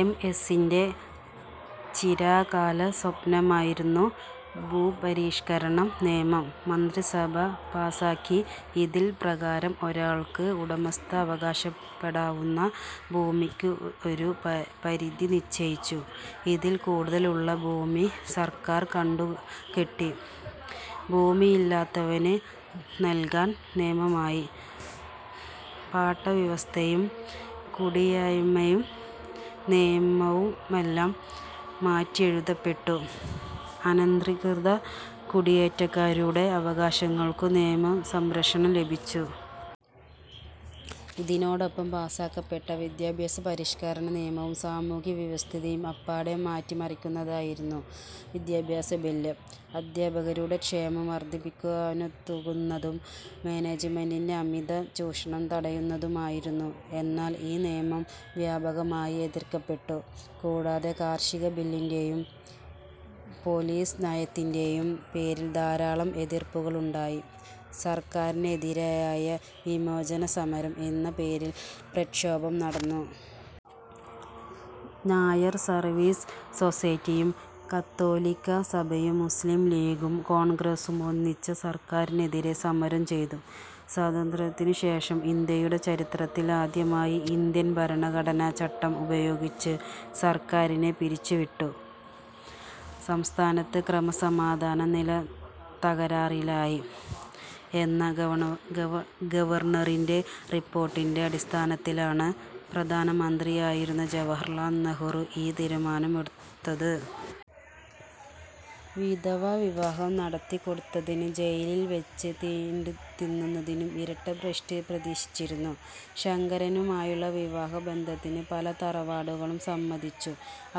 M. എസിന്റെ ചിരകാല സ്വപ്നമായിരുന്ന ഭൂപരിഷ്കരണ നിയമം മന്ത്രിസഭ പാസ്സാക്കി. ഇതിൻ പ്രകാരം ഒരാൾക്ക് ഉടമസ്ഥത അവകാശപ്പെടാവുന്ന ഭൂമിക്ക് ഒരു പരിധി നിശ്ചയിച്ചു. ഇതിൽ കൂടുതൽ ഉള്ള ഭൂമി സർക്കാർ കണ്ടുകെട്ടി ഭൂമിയില്ലാത്തവന് നല്കാൻ നിയമമായി. പാട്ടവ്യവസ്ഥയും കുടിയായ്മ നിയമവുമെല്ലാം മാറ്റിയെഴുതപ്പെട്ടു. അനധികൃത കുടിയേറ്റക്കാരുടെ അവകാശങ്ങൾക്കും നിയമ സംരക്ഷണം ലഭിച്ചു. ഇതിനോടൊപ്പം പാസ്സാക്കപ്പെട്ട വിദ്യാഭ്യാസ പരിഷ്കരണ നിയമവും സാമൂഹ്യ വ്യവസ്ഥിതിയെ അപ്പാടെ മാറ്റിമറിക്കുന്നതായിരുന്നു. വിദ്യാഭ്യാസ ബില്ല് അദ്ധ്യാപകരുടെ ക്ഷേമം വർദ്ധിപ്പിക്കുവാനുതകുന്നതും മാനേജ്മെന്റിന്റെ അമിത ചൂഷണം തടയുന്നതുമായിരുന്നു. എന്നാൽ ഈ നിയമം വ്യാപകമായി എതിർക്കപ്പെട്ടു. കൂടാതെ കാർഷിക ബില്ലിന്റെയും പോലീസ് നയത്തിന്റെയും പേരിൽ ധാരാളം എതിർപ്പുകളുണ്ടായി. സർക്കാരിനെതിരായി വിമോചനസമരം എന്നപേരിൽ പ്രക്ഷോഭം നടന്നു. നായർ സർവീസ് സൊസൈറ്റിയും കത്തോലിക്ക സഭയും മുസ്ലിം ലീഗും കോൺഗ്രസ്സും ഒന്നിച്ചു സർക്കാരിനെതിരെ സമരം ചെയ്തു. സ്വാതന്ത്ര്യത്തിനുശേഷം ഇന്ത്യയുടെ ചരിത്രത്തിൽആദ്യമായി ഇന്ത്യൻ ഭരണഘടന ചട്ടം ഉപയോഗിച്ച് സർക്കാരിനെ പിരിച്ചു വിട്ടു. സംസ്ഥാനത്തെ ക്രമസമാധാന നില തകരാറിലായി എന്ന ഗവെർനോ ഗവർണറിന്റെ റിപ്പോർട്ടിന്റെ അടിസ്ഥാനത്തിലാണ് പ്രധാനമന്ത്രിയായിരുന്ന ജവഹർലാൽ നെഹ്രു ഈ തീരുമാനം എടുത്തത്. വിധവാ വിവാഹം നടത്തിക്കൊടുത്തതിനും ജയിലിൽ വച്ച് തീണ്ടിത്തിന്നതിനും ഇരട്ട ഭ്രഷ്ട് പ്രതീക്ഷിച്ചിരുന്ന ശങ്കരനുമായുള്ള വിവാഹ ബന്ധത്തിന് പല തറവാടുകളും സമ്മതിച്ചു.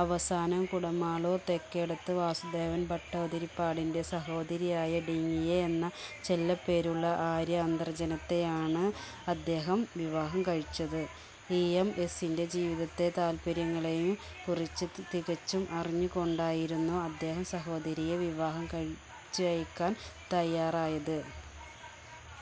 അവസാനം കുടമാളൂർ തെക്കേടത്ത് വാസുദേവൻ ഭട്ടതിരിപ്പാടിന്റെ സഹോദരിയായ 'ടിങ്ങിയ' എന്ന് ചെല്ലപ്പേരുള്ള ആര്യ അന്തർജനത്തെയാണ് അദ്ദേഹം വിവാഹം കഴിച്ചത്. ഇ. എം. എസിന്റെ ജീവിതത്തെയും താല്പര്യങ്ങളെയുംകുറിച്ച് തികച്ചും അറിഞ്ഞുകൊണ്ടായിരുന്നു അദ്ദേഹം സഹോദരിയെ വിവാഹം കഴിച്ചയയ്ക്കാൻ തയ്യാറായത്.